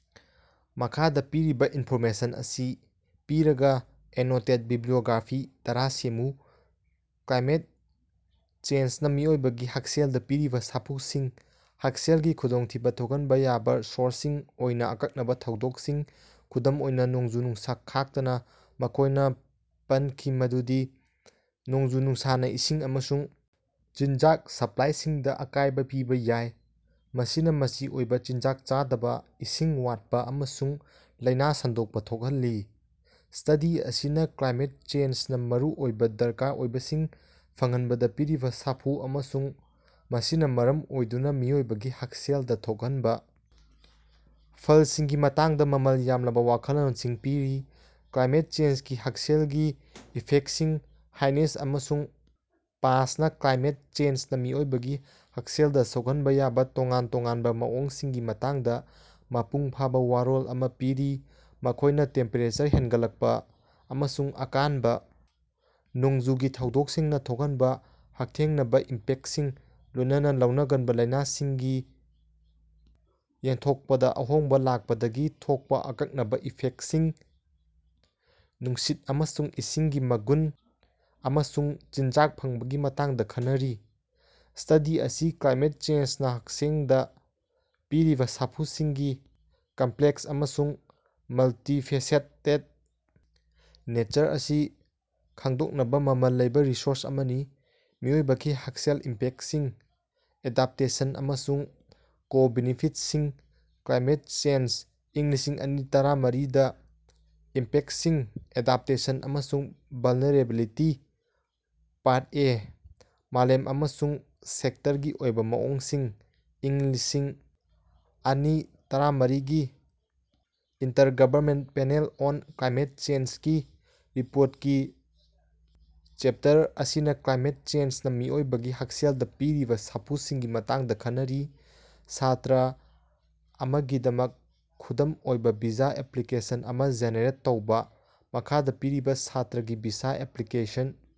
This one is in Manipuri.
ꯃꯈꯥꯗ ꯄꯤꯔꯤꯕ ꯏꯟꯐꯣꯔꯃꯦꯁꯟ ꯑꯁꯤ ꯄꯤꯔꯒ ꯑꯦꯅꯣꯇꯦꯗ ꯕꯤꯕ꯭ꯂꯤꯑꯣꯒ꯭ꯔꯥꯐꯤ ꯇꯔꯥ ꯁꯦꯝꯃꯨ꯫ ꯀ꯭ꯂꯥꯏꯃꯦꯠ ꯆꯦꯟꯁꯅ ꯃꯤꯑꯣꯏꯕꯒꯤ ꯍꯛꯁꯦꯜꯗ ꯄꯤꯔꯤꯕ ꯁꯥꯐꯨꯁꯤꯡ꯫ ꯍꯛꯁꯦꯜꯒꯤ ꯈꯨꯗꯣꯡꯊꯤꯕ ꯊꯣꯛꯍꯟꯕ ꯌꯥꯕ ꯁꯣꯔꯁꯁꯤꯡ ꯑꯣꯏꯅ ꯑꯀꯛꯅꯕ ꯊꯧꯗꯣꯀꯁꯤꯡ, ꯈꯨꯗꯝ ꯑꯣꯏꯅ ꯅꯣꯡꯖꯨ-ꯅꯨꯡꯁꯥ ꯈꯥꯛꯇꯅ ꯃꯈꯣꯢꯅ ꯄꯟꯈꯤ ꯃꯗꯨꯗꯤ ꯅꯣꯡꯖꯨ-ꯅꯨꯡꯁꯥꯅ ꯏꯁꯤꯡ ꯑꯃꯁꯨꯡ ꯆꯤꯟꯖꯥꯛ ꯁꯞꯂꯥꯏꯁꯤꯡꯗ ꯑꯀꯥꯏꯕ ꯄꯤꯕ ꯌꯥꯏ꯫ ꯃꯁꯤꯅ ꯃꯆꯤ ꯑꯣꯏꯕ ꯆꯤꯟꯖꯥꯛ ꯆꯥꯗꯕ, ꯏꯁꯤꯡ ꯋꯥꯠꯄ ꯑꯃꯁꯨꯡ ꯂꯥꯏꯅ ꯁꯟꯗꯣꯛꯄ ꯊꯣꯛꯍꯜꯂꯤ꯫ ꯁ꯭ꯇꯗꯤ ꯑꯁꯤꯅꯥ ꯀ꯭ꯂꯥꯏꯃꯦꯠ ꯆꯦꯟꯖꯅ ꯃꯔꯨꯑꯣꯏꯕ ꯗꯔꯀꯥꯔ ꯑꯣꯏꯕꯁꯤꯡ ꯐꯪꯍꯟꯕꯗ ꯄꯤꯔꯤꯕ ꯁꯥꯐꯨ ꯑꯃꯁꯨꯡ ꯃꯁꯤꯅ ꯃꯔꯝ ꯑꯣꯏꯗꯨꯅ ꯃꯤꯑꯣꯏꯕꯒꯤ ꯍꯛꯁꯦꯜꯗ ꯊꯣꯛꯍꯟꯕ ꯐꯜꯁꯤꯡꯒꯤ ꯃꯇꯥꯡꯗ ꯃꯃꯥꯜ ꯌꯥꯝꯂꯕ ꯋꯥꯈꯜꯂꯣꯟꯁꯤꯡ ꯄꯤꯔꯤ꯫ ꯀ꯭ꯂꯥꯏꯃꯦꯠ ꯆꯦꯟꯖꯒꯤ ꯍꯛꯁꯦꯜꯒꯤ ꯏꯐꯦꯛꯇꯁꯤꯡ ꯍꯥꯏꯅꯦꯁ ꯑꯃꯁꯨꯡ ꯄꯥꯠꯖꯅꯥ ꯀ꯭ꯂꯥꯏꯃꯦꯠ ꯆꯦꯟꯖꯅ ꯃꯤꯑꯣꯏꯕꯒꯤ ꯍꯛꯁꯦꯜꯗ ꯁꯣꯛꯍꯟꯕ ꯌꯥꯕ ꯇꯣꯉꯥꯟ ꯇꯣꯉꯥꯟꯕ ꯃꯑꯣꯡꯁꯤꯡꯒꯤ ꯃꯇꯥꯡꯗ ꯃꯄꯨꯡ ꯐꯥꯕ ꯋꯥꯔꯣꯜ ꯑꯃ ꯄꯤꯔꯤ꯫ ꯃꯈꯣꯢꯅ ꯇꯦꯝꯄꯦꯔꯦꯆꯔ ꯍꯦꯟꯒꯠꯂꯛꯄ ꯑꯃꯁꯨꯡ ꯑꯀꯥꯟꯕ ꯅꯣꯡꯖꯨꯒꯤ ꯊꯧꯗꯣꯛꯁꯤꯡꯅ ꯊꯣꯛꯍꯟꯕ ꯍꯛꯊꯦꯡꯅꯕ ꯏꯝꯄꯦꯛꯇꯁꯤꯡ ꯂꯣꯏꯅꯅ ꯂꯧꯅꯒꯟꯕ ꯂꯥꯏꯅꯁꯤꯡꯒꯤ ꯌꯦꯟꯊꯣꯛꯄꯗ ꯑꯍꯣꯡꯕ ꯂꯥꯛꯄꯗꯒꯤ ꯊꯣꯛꯄ ꯑꯀꯛꯅꯕ ꯏꯐꯦꯛꯇꯁꯤꯡ, ꯅꯨꯡꯁꯤꯠ ꯑꯃꯁꯨꯡ ꯏꯁꯤꯡꯒꯤ ꯃꯒꯨꯟ, ꯑꯃꯁꯨꯡ ꯆꯤꯟꯖꯥꯛ ꯐꯪꯕꯒꯤ ꯃꯇꯥꯡꯗ ꯈꯟꯅꯔꯤ꯫ ꯁ꯭ꯇꯗꯤ ꯑꯁꯤ ꯀ꯭ꯂꯥꯏꯃꯦꯠ ꯆꯦꯟꯖꯅ ꯍꯛꯁꯦꯜꯗ ꯄꯤꯔꯤꯕ ꯁꯥꯐꯨꯁꯤꯡꯒꯤ ꯀꯝꯄꯂꯦꯛꯁ ꯑꯃꯁꯨꯡ ꯃꯜꯇꯤ-ꯐꯦꯁꯦꯇꯦꯗ ꯅꯦꯆꯔ ꯑꯁꯤ ꯈꯡꯗꯣꯛꯅꯕ ꯃꯃꯥꯜ ꯂꯩꯕ ꯔꯤꯁꯣꯔꯁ ꯑꯃꯅꯤ꯫ ꯃꯤꯑꯣꯏꯕꯒꯤ ꯍꯛꯁꯦꯜ ꯏꯝꯄꯦꯛꯁꯤꯡ, ꯑꯦꯗꯥꯞꯇꯦꯁꯟ, ꯑꯃꯁꯨꯡ ꯀꯣ-ꯕꯦꯅꯤꯐꯤꯠꯁꯤꯡ, ꯀ꯭ꯂꯥꯏꯃꯦꯠ ꯆꯦꯟꯖ ꯏꯪ ꯂꯤꯁꯤꯡ ꯑꯅꯤ ꯇꯔꯥꯃꯔꯤ ꯗꯥ ꯏꯝꯄꯦꯛꯁꯤꯡ, ꯑꯦꯗꯥꯞꯇꯦꯁꯟ, ꯑꯃꯁꯨꯡ ꯚꯜꯅꯦꯔꯦꯕꯤꯂꯤꯇꯤ ꯄꯥꯔꯠ ꯑꯦ- ꯃꯥꯂꯦꯝꯒꯤ ꯑꯃꯁꯨꯡ ꯁꯦꯛꯇꯔꯒꯤ ꯑꯣꯏꯕ ꯃꯑꯣꯡꯁꯤꯡ ꯏꯪ ꯂꯤꯁꯤꯡ ꯑꯅꯤ ꯇꯔꯥꯃꯔꯤꯒꯤ intergovernmental panel on climate change ꯒꯤ ꯔꯤꯄꯣꯔꯇꯀꯤ ꯆꯦꯞꯇꯔ ꯑꯁꯤꯅ ꯀ꯭ꯂꯥꯏꯃꯦꯠ ꯆꯦꯟꯖꯅ ꯃꯤꯑꯣꯏꯕꯒꯤ ꯍꯛꯁꯦꯜꯗ ꯄꯤꯔꯤꯕ ꯁꯥꯐꯨꯁꯤꯡꯒꯤ ꯃꯇꯥꯡꯗ ꯈꯟꯅꯔꯤ꯫ ꯁꯥꯇ꯭ꯔꯥ ꯑꯃꯒꯤꯗꯃꯛ ꯈꯨꯗꯝ ꯑꯣꯏꯕ ꯚꯤꯖꯥ ꯑꯦꯞꯄ꯭ꯂꯤꯀꯦꯁꯟ ꯑꯃ ꯖꯦꯅꯦꯔꯦꯠ ꯇꯧꯕ꯫ ꯃꯈꯥꯗ ꯄꯤꯔꯤꯕ ꯁꯥꯇ꯭ꯔꯥꯒꯤ ꯚꯤꯁꯥ ꯑꯦꯞꯄ꯭ꯂꯤꯀꯦꯁꯟ